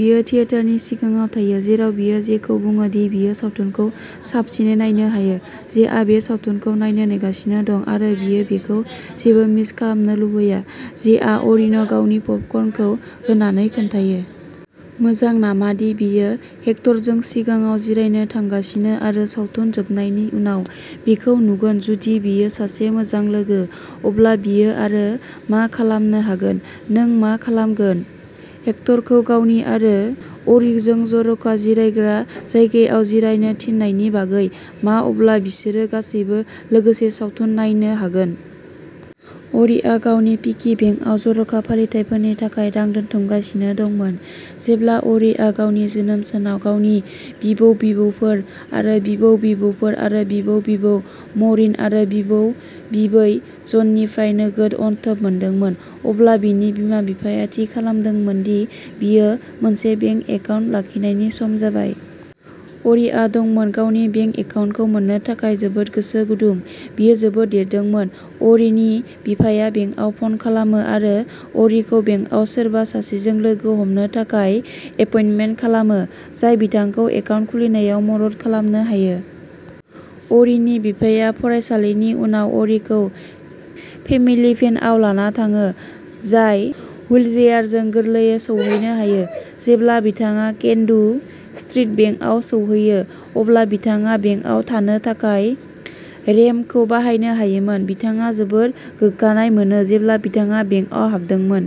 बियो थियेटारनि सिगाङाव थायो, जेराव बियो जेखौ बुङो दि बियो सावथुनखौ साबसिनै नायनो हायो। जेआ बे सावथुनखौ नायनो नेगासिनो दं आरो बियो बेखौ जेबो मिस खालामनो लुबैया। जेआ अर्रीनो गावनि पपकर्नखौ होनानै खोन्थानो मोजां नामा दि बियो हेक्टरजों सिगाङाव जिरायनो थांगासिनो आरो सावथुन जोबनायनि उनाव बिखौ नुगोन जुदि बियो सासे मोजां लोगो, अब्ला बियो आरो मा खालामनो हागोन नों मा खालामगोन हेक्टरखौ गावनि आरो अर्रीजों जर'खा जिरायग्रा जायगायाव जिरायनो थिननायनि बागै मा अब्ला बिसोरो गासैबो लोगोसे सावथुन नायनो हागोन। अर्रीया गावनि पिगी बेंकआव जर'खा फालिथायफोरनि थाखाय रां दोनथुमगासिनो दंमोन। जेब्ला अर्रीया गावनि जोनोम सानाव गावनि बिबौ-बिबौफोर आरो बिबौ-बिबौफोर आरो बिबौ-बिबौ म'रिन आरो बिबौ-बिबै जननिफ्राय नोगोद अनथोब मोनदोंमोन, अब्ला बिनि बिमा-बिफाया थि खालामदोंमोन दि बियो मोनसे बेंक एकाउन्ट लाखिनायनि सम जाबाय। अर्रीआ दंमोन गावनि बेंक एकाउन्टखौ मोन्नो थाखाय जोबोद गोसो गुदुं। बियो जोबोद देरदों मोन। अ'रीनि बिफाया बेंकाव फन खालामो आरो अ'रीखौ बेंकआव सोरबा सासेजों लोगो हमनो थाखाय एपइन्टमेन्ट खालामो, जाय बिथांखौ एकाउन्ट खुलिनायाव मदद खालामनो हायो। अ'रीनि बिफाया फरायसालिनि उनाव अ'रीखौ फेमिली भेनआव लाना थाङो, जाय हुइलचेयारजों गोरलैयै सौहैनो हायो। जेब्ला बिथाङा केन डु स्ट्रीट बेंकआव सौहैयो, अब्ला बिथाङा बेंकआव थांनो थाखाय रेम्पखौ बाहायनो हायोमोन। बिथाङा जोबोद गोग्गानाय मोनो जेब्ला बिथाङा बेंकआव हाबदोंमोन।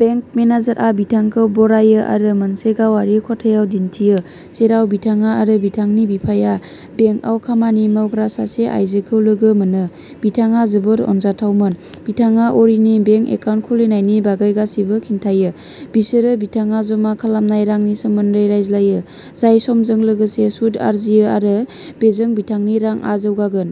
बेंक मेनेजारआ बिथांखौ बरायो आरो मोनसे गावारि खथायाव दिन्थियो, जेराव बिथाङा आरो बिथांनि बिफाया बेंकआव खामानि मावग्रा सासे आइजोखौ लोगो मोनो। बिथाङा जोबोद अनजाथावमोन। बिथाङा अ'रीनि बेंक एकाउन्ट खुलिनायनि बागै गासैबो खिन्थायो। बिसोरो बिथाङा जमा खालामनाय रांनि सोमोन्दै रायज्लायो, जाय समजों लोगोसे सुद आरजियो आरो बेजों बिथांनि रांआ जौगागोन।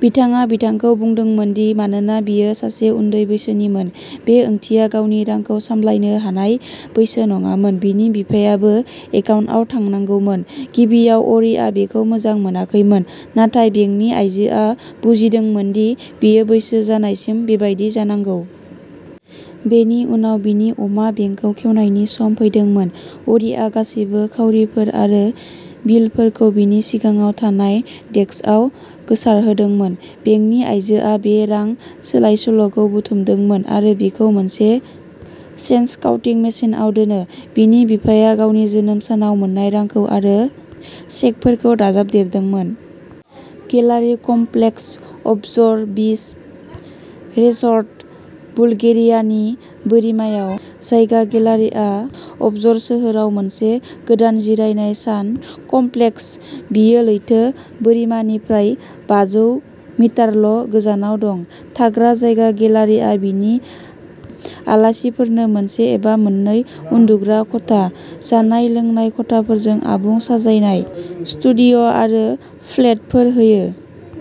बिथाङा बिथांखौ बुंदोंमोन दि मानोना बियो सासे उन्दै बैसोनिमोन, बे ओंथिया गावनि रांखौ सामलायनो हानाय बैसो नङामोन बिनि बिफायाबो एकाउन्टआव थानांगौमोन। गिबियाव अ'रिआ बेखौ मोजां मोनाखैमोन, नाथाय बेंकनि आइजोआ बुजिमोदोंमोन दि बियो बैसो जानायसिम बेबायदि जानांगौ। बेनि उनाव बिनि अमा बेंकखौ खेवनायनि सम फैदोंमोन। अ'रिआ गासैबो खाउरिफोर आरो बिलफोरखौ बिनि सिगाङाव थानाय डेस्कआव गोसारहोदोंमोन। बेंकनि आइजोआ बे रां सोलायसोल'खौ बुथुमदोंमोन आरो बेखौ मोनसे चेन्ज काउन्टिं मेसिनआव दोनो। बिनि बिफाया गावनि जोनोम सानाव मोन्नाय रांखौ आरो चेकफोरखौ दाजाबदेरदोंमोन। गेलारि कमप्लेक्स, अबजर बीच रिसर्ट, बुलगेरियानि बोरिमायाव। जायगा गेलारिआ अबजर सोहोराव मोनसे गोदान जिरायनाय सान कमप्लेक्स। बेयो लैथो बोरिमानिफ्राय बाजौ मिटारल' गोजानाव दं। थाग्रा जायगा गेलारिआ बिनि आलासिफोरनो मोनसे एबा मोननै उन्दुग्रा खथा, जानाय-लोंनाय खथाफोरजों आबुं साजायनाय स्टुडिय'आरो फ्लेटफोर होयो।